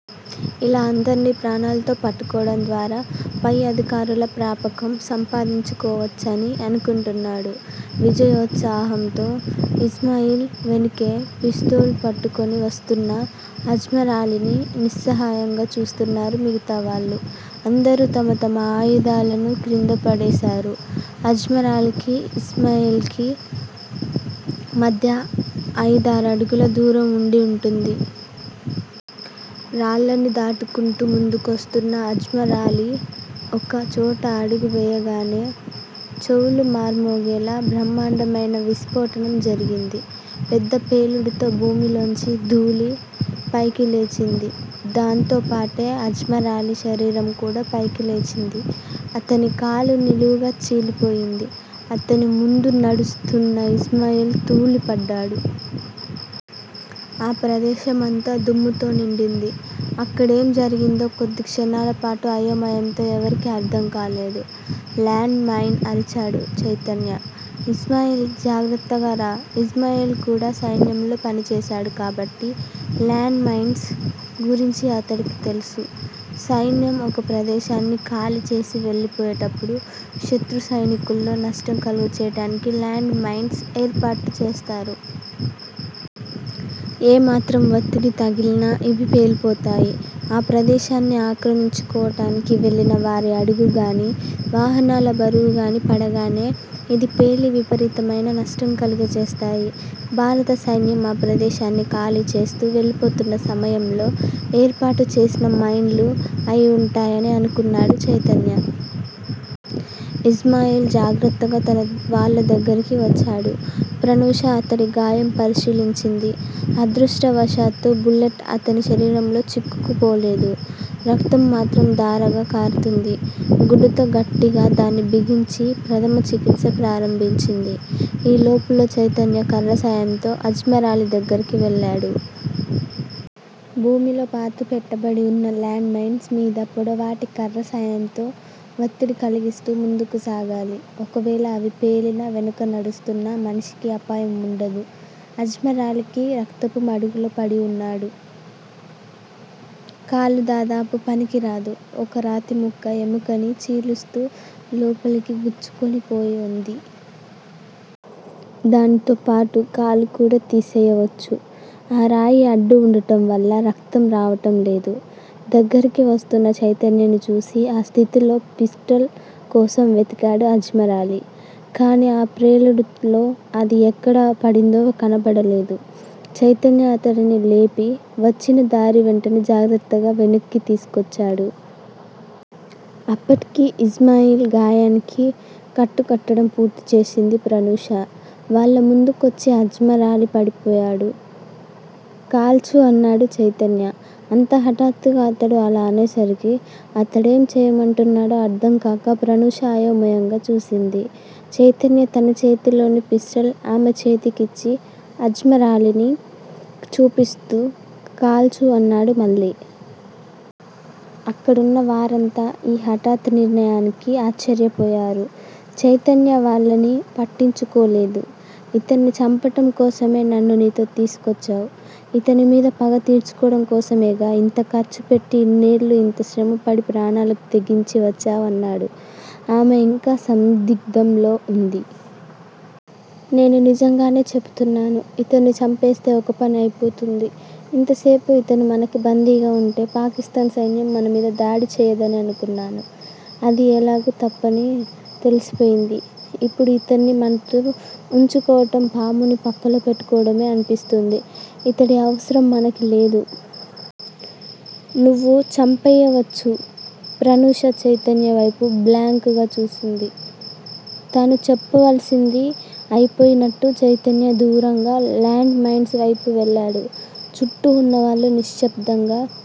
ఇలా అందర్నీ ప్రాణాల్తో పట్టుకోవడం ద్వారా పై అధికారుల ప్రాపకం సంపాదించుకోవచ్చని అనుకుంటున్నాడు. విజయోత్సాహంతో ఇస్మాయిల్ వెనుకే పిస్తోలు పట్టుకుని వస్తూన్న అజ్మరాలీని నిస్సహాయంగా చూస్తున్నారు మిగతావాళ్ళు. అందరూ తమ తమ ఆయుధాలను క్రింద పడేసారు. అజ్మరాలీకీ, ఇస్మాయిల్ కీ మధ్య అయిదారడుగుల దూరం వుండి వుంటుంది. రాళ్ళని దాటుకుంటూ ముందుకొస్తూన్న అజ్మరాలీ, ఒక చోట అడుగు వేయగానే, చెవులు మార్మోగేలా బ్రహ్మాండమైన విస్ఫోటనం జరిగింది. పెద్ద పేలుడుతో భూమిలోంచి థూళి పైకిలేచింది. దాంతోపాటే అజ్మరాలీ శరీరం కూడా పైకి లేచింది. అతని కాలు నిలువుగా చీలిపోయింది. అతని ముందు నడుస్తూన్న ఇస్మాయిల్ తూలిపడ్డాడు. ఆ ప్రదేశమంతా దుమ్ముతో నిండింది. అక్కడేం జరిగిందో, కొద్దిక్షణాల పాటు అయోమయంతో ఎవరికీ అర్ధంకాలేదు. లాండ్ మైన్ అరిచాడు చైతన్య. ఇస్మాయిల్- జాగ్రత్తగా రా ఇస్మాయిల్ కూడా సైన్యంలో పనిచేశాడు కాబట్టి 'లాండ్ మైన్స్' గురించి అతడికి తెలుసు. సైన్యం ఒక ప్రదేశాన్ని ఖాళీ చేసి వెళ్ళిపోయేటప్పుడు శత్రు సైనికుల్లో నష్టం కలుగచేయటానికి లాండ్ మైన్స్ ఏర్పాటు చేస్తారు. ఏ మాత్రం వత్తిడి తగిలినా ఇవి పేలిపోతాయి. ఆ ప్రదేశాన్ని ఆక్రమించుకోవటానికి వెళ్ళిన వారి అడుగు గానీ, వాహనాల బరువుగానీ పడగానే, ఇది పేలి, విపరీతమైన నష్టం కలుగచేస్తాయి. భారత సైన్యం ఆ ప్రదేశాన్ని ఖాళీచేస్తూ వెళ్ళిపోతున్న సమయంలో ఏర్పాటు చేసిన మైన్లు అయి వుంటాయని అనుకున్నాడు చైతన్య. ఇస్మాయిల్ జాగ్రత్తగా తన వాళ్ళ దగ్గరికి వచ్చాడు. ప్రనూష అతడి గాయం పరిశీలించింది. అదృష్టవశాత్తు బుల్లెట్ అతని శరీరంలో చిక్కుకుపోలేదు. రక్తం మాత్రం ధారగా కారుతూంది. గుడ్డతో గట్టిగా దాన్ని బిగించి, ప్రధమ చికిత్స ప్రారంభించింది. ఈ లోపులో చైతన్య కర్ర సాయంతో అజ్మరాలీ దగ్గిరికి వెళ్ళాడు. భూమిలో పాతి పెట్టబడి వున్న లాండ్ మైన్స్ మీద పొడవాటి కర్ర సాయంతో వత్తిడి కలిగిస్తూ ముందుకు సాగాలి. ఒకవేళ అవి పేలినా, వెనుక నడుస్తున్న మనిషికి అపాయం వుండదు. అజ్మరాలీకి రక్తపు మడుగులో పడి వున్నాడు. కాలు దాదాపు పనికిరాదు. ఒక రాతిముక్క ఎముకని చీలుస్తూ లోపలికి గుచ్చుకుని పోయి వుంది. దానితో పాటు కాలు కూడా తీసెయ్యవచ్చు. ఆ రాయి అడ్డు వుండటంవల్ల రక్తం రావటం లేదు. దగ్గరికి వస్తూన్న చైతన్యని చూసి ఆ స్థితిలో పిస్టల్ కోసం వెతికాడు అజ్మరాలీ. కానీ ఆ ప్రేలుడులో అది ఎక్కడ పడిందో కనపడలేదు. చైతన్య అతడిని లేపి, వచ్చిన దారి వెంటే జాగ్రత్తగా వెనక్కి తీసుకొచ్చాడు. అప్పటికి ఇస్మాయిల్ గాయానికి కట్టు కట్టడం పూర్తిచేసింది ప్రనూష. వాళ్ళ ముందుకొచ్చి అజ్మరాలీ పడిపోయాడు. కాల్చు అన్నాడు చైతన్య. అంత హఠాత్తుగా అతడు అలా అనేసరికి, అతడేం చెయ్యమంటున్నాడో అర్ధంకాక ప్రనూష అయోమయంగా చూసింది. చైతన్య తన చేతిలోని పిస్టల్ ఆమె చేతికిచ్చి అజ్మరాలీని చూపిస్తూ కాల్చు అన్నాడు మళ్ళీ. అక్కడున్న వారంతా ఈ హఠాత్ నిర్ణయానికి ఆశ్చర్యపోయారు. చైతన్య వాళ్ళని పట్టించుకోలేదు. ఇతన్ని చంపటం కోసమేగా నన్ను నీతో తీసుకొచ్చావ్. ఇతని మీద పగ తీర్చుకోవడం కోసమేగా ఇంత ఖర్చు పెట్టి ఇన్నేళ్ళు ఇంత శ్రమపడి ప్రాణాలకు తెగించి వచ్చావ్ అన్నాడు. ఆమె ఇంకా సందిగ్ధంలో వుంది. నేను నిజంగానే చెపుతున్నాను. ఇతన్ని చంపేస్తే ఒక పని అయిపోతుంది. ఇంతసేపూ ఇతను మనకి బందీగా వుంటే పాకిస్తాన్ సైన్యం మనమీద దాడి చెయ్యదని అనుకున్నాను. అది ఎలాగూ తప్పని తెలిసిపోయింది. ఇప్పుడు యితన్ని మనతో వుంచుకోవటం పాముని పక్కలో పెట్టుకోవడమే అనిపిస్తోంది. ఇతడి అవసరం మనకి లేదు. నువ్వు చంపెయ్యవచ్చు. ప్రనూష చైతన్య వైపు బ్లాంక్ గా చూసింది. తను చెప్పవలసింది అయిపోయినట్టు చైతన్య దూరంగా, లాండ్ మైన్స్ వైపు వెళ్ళాడు. చుట్టూ వున్నవాళ్ళు నిశ్శబ్దంగా